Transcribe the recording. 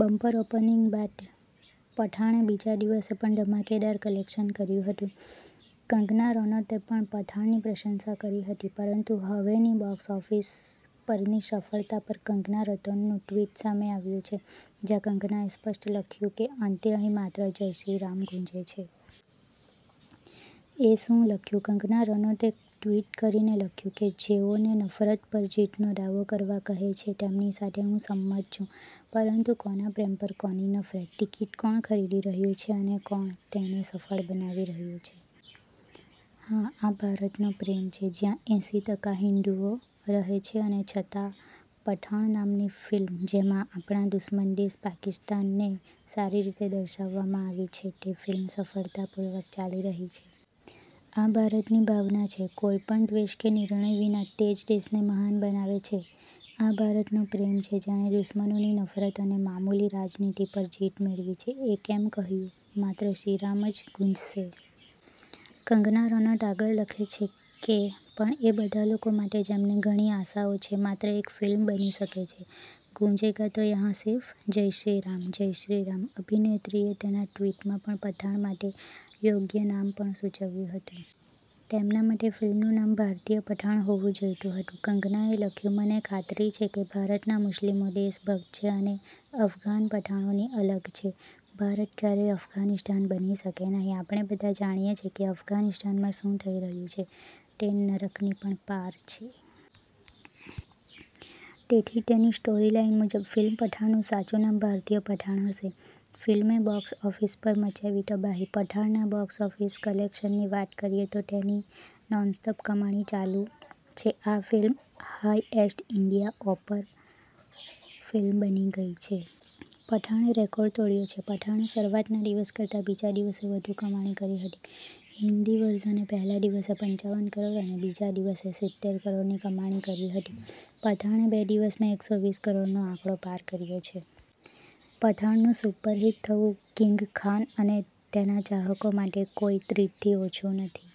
Bumper opening બાદ પઠાણે બીજા દિવસે પણ ધમાકેદાર કલેક્શન કર્યું હતું. કંગના રનૌતે પણ પઠાણની પ્રશંસા કરી હતી. પરંતુ હવે ની બોક્સ ઓફિસ પરની સફળતા પર કંગના રનૌતનું ટ્વિટ સામે આવ્યું છે. જ્યાં કંગનાએ સ્પષ્ટ લખ્યું હતું કે અંતે અહીં માત્ર જય શ્રી રામ ગુંજે છે. એ શું લખ્યું? કંગના રનૌતે ટ્વીટ કરીને લખ્યું કે, જેઓ ને નફરત પર જીતનો દાવો કરવા કહે છે તેમની સાથે હું સંમત છું, પરંતુ કોના પ્રેમ પર કોની નફરત? ટિકિટ કોણ ખરીદી રહ્યું છે અને કોણ તેને સફળ બનાવી રહ્યું છે? હા, આ ભારતનો પ્રેમ છે, જ્યાં એસી ટકા હિંદુઓ રહે છે અને છતાં પઠાણ નામની ફિલ્મ, જેમાં આપણા દુશ્મન દેશ પાકિસ્તાન ને સારી રીતે દર્શાવવામાં આવી છે, તે ફિલ્મ સફળતાપૂર્વક ચાલી રહી છે. આ ભારતની ભાવના છે. કોઈપણ દ્વેષ કે નિર્ણય વિના તે જ દેશને મહાન બનાવે છે. આ ભારતનો પ્રેમ છે જેણે દુશ્મનોની નફરત અને મામૂલી રાજનીતિ પર જીત મેળવી છે. એ કેમ કહ્યું માત્ર શ્રીરામ જ ગુંજશે? કંગના રનૌત આગળ લખે છે કે પણ એ બધા લોકો માટે જેમને ઘણી આશાઓ છે માત્ર એક ફિલ્મ બની શકે છે ગુંજેગા તો યહાં સિર્ફ જય શ્રી રામ, જય શ્રી રામ. અભિનેત્રીએ તેના ટ્વીટમાં પઠાણ માટે યોગ્ય નામ પણ સૂચવ્યું હતું. તેમના મતે ફિલ્મનું નામ ભારતીય પઠાણ હોવું જોઈતું હતું. કંગનાએ લખ્યું, 'મને ખાતરી છે કે, ભારતના મુસ્લિમો દેશભક્ત છે અને અફઘાન પઠાણોથી અલગ છે. ભારત ક્યારેય અફઘાનિસ્તાન બની શકે નહીં. આપણે બધા જાણીએ છીએ કે અફઘાનિસ્તાનમાં શું થઈ રહ્યું છે, તે નરકની પણ પાર છે. તેથી તેની સ્ટોરીલાઇન મુજબ ફિલ્મ પઠાણનું સાચું નામ ભારતીય પઠાણ હશે.' ફિલ્મે બોક્સ ઓફિસ પર મચાવી તબાહી- પઠાણના બોક્સ ઓફિસ કલેક્શનની વાત કરીએ તો તેની નોનસ્ટોપ કમાણી ચાલુ છે. આ film highest Indian opener film બની ગઈ છે. પઠાણે રેકોર્ડ તોડ્યો છે. પઠાણે શરૂઆતના દિવસ કરતાં બીજા દિવસે વધુ કમાણી કરી હતી. હિન્દી વર્ઝને પહેલા દિવસે પંચાવન કરોડ અને બીજા દિવસે સિતેર કરોડની કમાણી કરી હતી. પઠાણે બે દિવસમાં એકસો વીસ કરોડનો આંકડો પાર કર્યો છે. પઠાણનું સુપરહિટ થવું કિંગ ખાન અને તેના ચાહકો માટે કોઈ ટ્રીટથી ઓછું નથી.